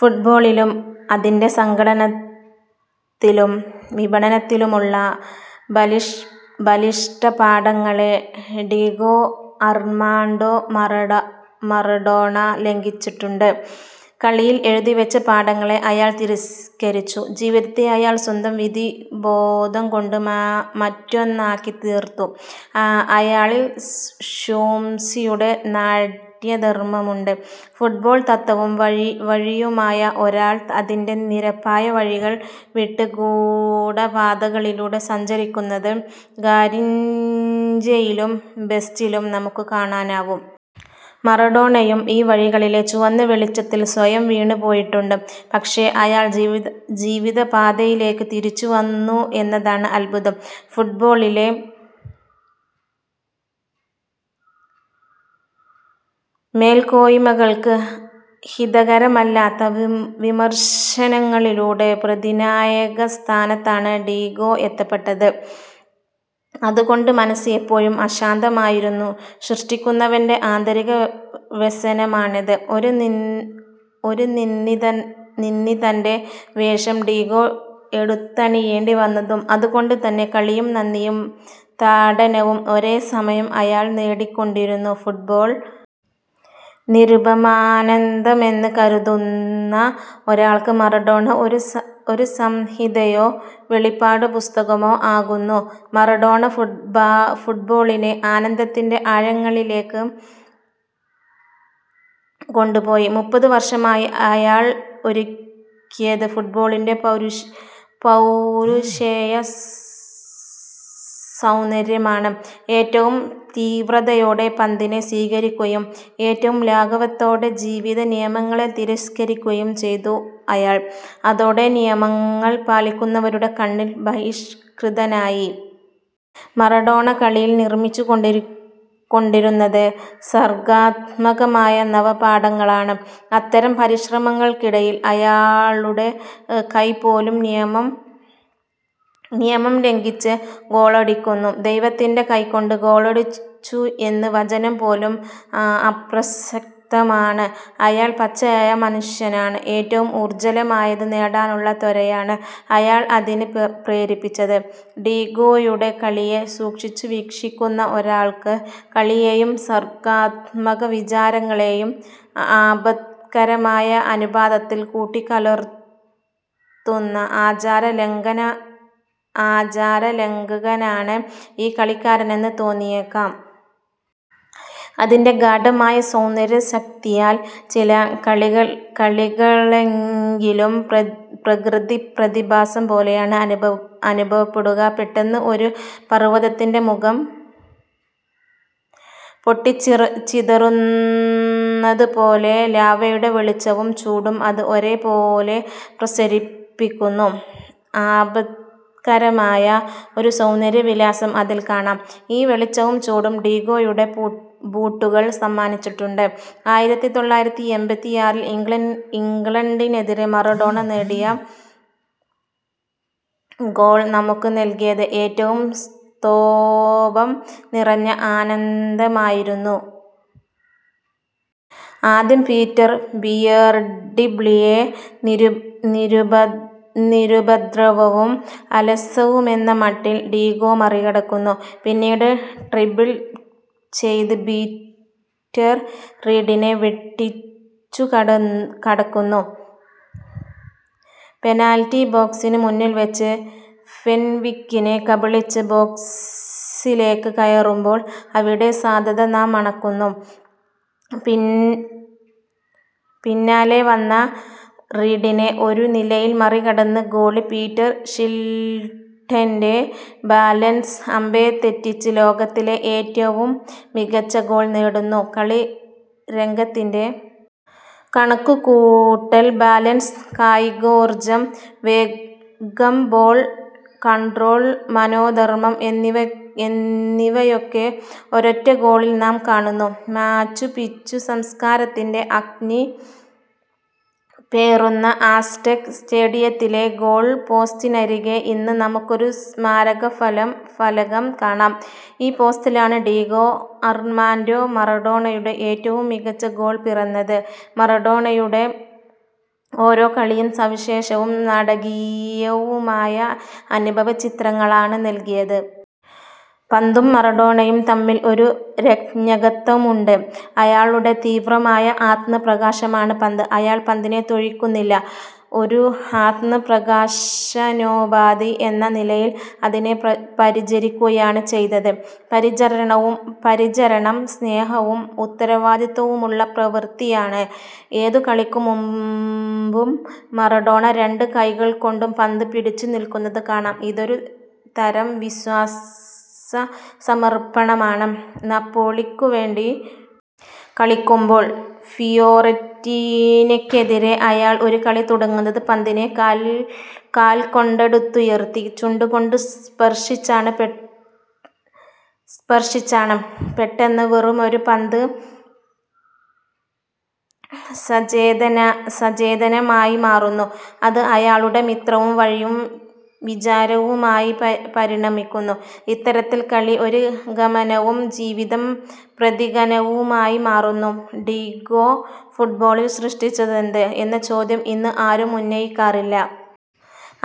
ഫുട്ബോളിലും അതിന്റെ സംഘാടനത്തിലും വിപണനത്തിലുമുള്ള ബലിഷ്ഠപാഠങ്ങളെ ഡീഗോ അർമാൻഡോ മറഡോണ ലംഘിച്ചിട്ടുണ്ട്. കളിയിൽ എഴുതിവെച്ച പാഠങ്ങളെ അയാൾ തിരസ്കരിച്ചു. ജീവിതത്തെ അയാൾ സ്വന്തം വിധിബോധംകൊണ്ട് മറ്റൊന്നാക്കിത്തീർത്തു. അയാളിൽ ഷൂംസിയുടെ നാട്യധർമമുണ്ട്. ഫുട്ബോൾ തത്ത്വവും വഴിയുമായ ഒരാൾ അതിന്റെ നിരപ്പായ വഴികൾ വിട്ട് ഗൂഢപാതകളിലൂടെ സഞ്ചരിക്കുന്നത് ഗാരിഞ്ചയിലും ബെസ്റ്റിലും നമുക്ക് കാണാനാവും. മറഡോണയും ഈ വഴികളിലെ ചുവന്ന വെളിച്ചത്തിൽ സ്വയം വീണുപോയിട്ടുണ്ട്. പക്ഷേ അയാൾ ജീവിതപ്പാതയിലേക്ക് തിരിച്ചുവന്നു എന്നതാണ് അദ്ഭുതം. ഫുട്ബോളിലെ മേൽക്കോയ്മകൾക്ക് ഹിതകരമല്ലാത്ത വിമർശനങ്ങളിലൂടെ പ്രതിനായകസ്ഥാനത്താണ് ഡീഗോ എത്തപ്പെട്ടത്. അതുകൊണ്ട് മനസ്സ് എപ്പോഴും അശാന്തമായിരുന്നു. സൃഷ്ടിക്കുന്നവന്റെ ആന്തരിക വ്യസനമാണിത്. ഒരു നിന്ദിതന്റെ വേഷം ഡീഗോ എടുത്തണിയേണ്ടിവന്നതും അതുകൊണ്ടുതന്നെ. കളിയും നന്ദിയും താഡനവും ഒരേസമയം അയാൾ നേടിക്കൊണ്ടിരുന്നു. ഫുട്ബോൾ നിരുപമാനന്ദമെന്ന് കരുതുന്ന ഒരാൾക്ക് മറഡോണ ഒരു സംഹിതയോ വെളിപാടുപുസ്തകമോ ആകുന്നു. മറഡോണ ഫുട്ബോളിനെ ആനന്ദത്തിന്റെ ആഴങ്ങളിലേക്ക് കൊണ്ടുപോയി. മുപ്പത് വർഷമായി അയാൾ ഒരുക്കിയത് ഫുട്ബോളിന്റെ പൗരുഷേയസൗന്ദര്യമാണ്. ഏറ്റവും തീവ്രതയോടെ പന്തിനെ സ്വീകരിക്കുകയും ഏറ്റവും ലാഘവത്തോടെ ജീവിതനിയമങ്ങളെ തിരസ്കരിക്കുകയും ചെയ്തു അയാൾ. അതോടെ നിയമങ്ങൾ പാലിക്കുന്നവരുടെ കണ്ണിൽ ബഹിഷ്കൃതനായി. മറഡോണ കളിയിൽ നിർമിച്ചുകൊണ്ടിരുന്നത് സർഗാത്മകമായ നവപാഠങ്ങളാണ്. അത്തരം പരിശ്രമങ്ങൾക്കിടയിൽ അയാളുടെ കൈപോലും നിയമം ലംഘിച്ച് ഗോളടിക്കുന്നു. ദൈവത്തിന്റെ കൈകൊണ്ട് ഗോളടിച്ചു എന്ന വചനംപോലും അപ്രസക്തമാണ്. അയാൾ പച്ചയായ മനുഷ്യനാണ്. ഏറ്റവും ഉജ്ജ്വലമായത് നേടാനുള്ള ത്വരയാണ് അയാളെ അതിന് പ്രേരിപ്പിച്ചത്. ഡീഗോയുടെ കളിയെ സൂക്ഷിച്ചു വീക്ഷിക്കുന്ന ഒരാൾക്ക് കളിയെയും സർഗാത്മക വിചാരങ്ങളെയും ആപത്കരമായ അനുപാതത്തിൽ കൂട്ടിക്കലർത്തുന്ന ആചാരലംഘകനാണ് ഈ കളിക്കാരനെന്ന് തോന്നിയേക്കാം. അതിന്റെ ഗാഢമായ സൗന്ദര്യശക്തിയാൽ ചില കളികളെങ്കിലും പ്രകൃതിപ്രതിഭാസം പോലെയാണ് അനുഭവപ്പെടുക. പെട്ടെന്ന് ഒരു പർവതത്തിന്റെ മുഖം പൊട്ടിച്ചിതറുന്നതുപോലെ ലാവയുടെ വെളിച്ചവും ചൂടും അത് ഒരേപോലെ പ്രസരിപ്പിക്കുന്നു. ആപത്കരമായ ഒരു സൗന്ദര്യവിലാസം അതിൽ കാണാം. ഈ വെളിച്ചവും ചൂടും ഡീഗോയുടെ ബൂട്ടുകൾ സമ്മാനിച്ചിട്ടുണ്ട്. ആയിരത്തി തൊള്ളായിരത്തി എൺപത്തിയാറിൽ ഇംഗ്ലണ്ടിനെതിരെ മറഡോണ നേടിയ ഗോൾ നമുക്ക് നൽകിയത് ഏറ്റവും സ്തോഭം നിറഞ്ഞ ആനന്ദമായിരുന്നു. ആദ്യം പീറ്റർ ബിയേർഡ്സ്ലിയെ നിരുപദ്രവവും അലസവുമെന്ന മട്ടിൽ ഡീഗോ മറികടക്കുന്നു. പിന്നീട് ഡ്രിബിൾ ചെയ്ത് പീറ്റർ റീഡിനെ വെട്ടിച്ചുകടക്കുന്നു. പെനാൽറ്റി ബോക്സിന് മുന്നിൽവെച്ച് ഫെൻവിക്കിനെ കബളിപ്പിച്ച് ബോക്സിലേക്ക് കയറുമ്പോൾ അവിടെ സാധ്യത നാം മണക്കുന്നു. പിന്നാലെ വന്ന റീഡിനെ ഒരു നിലയിൽ മറികടന്ന് ഗോളി പീറ്റർ ഷിൽട്ടന്റെ ബാലൻസ് അമ്പേ തെറ്റിച്ച് ലോകത്തിലെ ഏറ്റവും മികച്ച ഗോൾ നേടുന്നു. കളിരംഗത്തിന്റെ കണക്കുകൂട്ടൽ ബാലൻസ് കായികോർജം വേഗം ബോൾ കൺട്രോൾ മനോധർമം എന്നിവയൊക്കെ ഒരൊറ്റ ഗോളിൽ നാം കാണുന്നു. മാച്ചുപിച്ചു സംസ്കാരത്തിന്റെ അഗ്നി പേറുന്ന ആസ്ടെക് സ്റ്റേഡിയത്തിലെ ഗോൾപോസ്റ്റിനരികെ ഇന്ന് നമുക്കൊരു സ്മാരകഫലകം കാണാം. ഈ പോസ്റ്റിലാണ് ഡീഗോ അർമാൻഡോ മറഡോണയുടെ ഏറ്റവും മികച്ച ഗോൾ പിറന്നത്. മറഡോണയുടെ ഓരോ കളിയും സവിശേഷവും നാടകീയവുമായ അനുഭവചിത്രങ്ങളാണ് നൽകിയത്. പന്തും മറഡോണയും തമ്മിൽ ഒരു രഞ്ജകത്വമുണ്ട്. അയാളുടെ തീവ്രമായ ആത്മപ്രകാശമാണ് പന്ത്. അയാൾ പന്തിനെ തൊഴിക്കുന്നില്ല. ഒരു ആത്മപ്രകാശനോപാധി എന്ന നിലയിൽ അതിനെ പരിചരിക്കുകയാണ് ചെയ്തത്. പരിചരണം സ്നേഹവും ഉത്തരവാദിത്വവുമുള്ള പ്രവൃത്തിയാണ്. ഏതു കളിക്കും മുമ്പും മറഡോണ രണ്ട് കൈകൾകൊണ്ടും പന്ത് പിടിച്ചുനിൽക്കുന്നതു കാണാം. ഇതൊരു തരം വിശ്വാസസമർപ്പണമാണ്. നപ്പോളിക്കുവേണ്ടി കളിക്കുമ്പോൾ ഫിയോറന്റീനയ്ക്കെതിരെ അയാൾ ഒരു കളി തുടങ്ങുന്നത് പന്തിനെ കാൽകൊണ്ടെടുത്തുയർത്തി ചുണ്ടുകൊണ്ട് സ്പർശിച്ചാണ്. പെട്ടെന്ന് വെറുമൊരു പന്ത് സചേതനമായി മാറുന്നു. അത് അയാളുടെ മിത്രവും വഴിയും വിചാരവുമായി പരിണമിക്കുന്നു. ഇത്തരത്തിൽ കളി ഒരു ഗമനവും ജീവിതം പ്രതിഗമനവുമായി മാറുന്നു. ഡീഗോ ഫുട്ബോളിൽ സൃഷ്ടിച്ചതെന്ത് എന്ന ചോദ്യം ഇന്ന് ആരും ഉന്നയിക്കാറില്ല.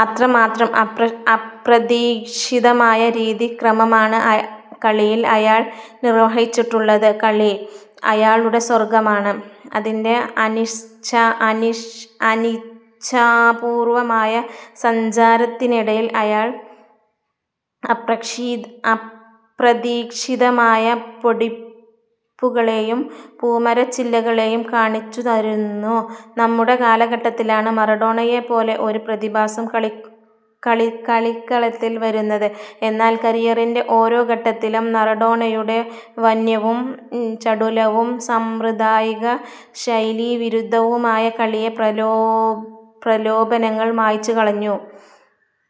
അത്രമാത്രം അപ്രതീക്ഷിതമായ രീതിക്രമമാണ് കളിയിൽ അയാൾ നിർവഹിച്ചിട്ടുള്ളത്. കളി അയാളുടെ സ്വർഗമാണ്. അതിന്റെ അനിച്ഛാപൂർവമായ സഞ്ചാരത്തിനിടയിൽ അയാൾ അപ്രതീക്ഷിതമായ പൊടിപ്പുകളെയും പൂമരച്ചില്ലകളെയും കാണിച്ചുതരുന്നു. നമ്മുടെ കാലഘട്ടത്തിലാണ് മറഡോണയെപ്പോലെ ഒരു പ്രതിഭാസം കളിക്കളത്തിൽ വരുന്നത്. എന്നാൽ കരിയറിന്റെ ഓരോ ഘട്ടത്തിലും മറഡോണയുടെ വന്യവും ചടുലവും സാമ്പ്രദായിക ശൈലീവിരുദ്ധവുമായ കളിയെ പ്രലോഭനങ്ങൾ മായ്ച്ചുകളഞ്ഞു.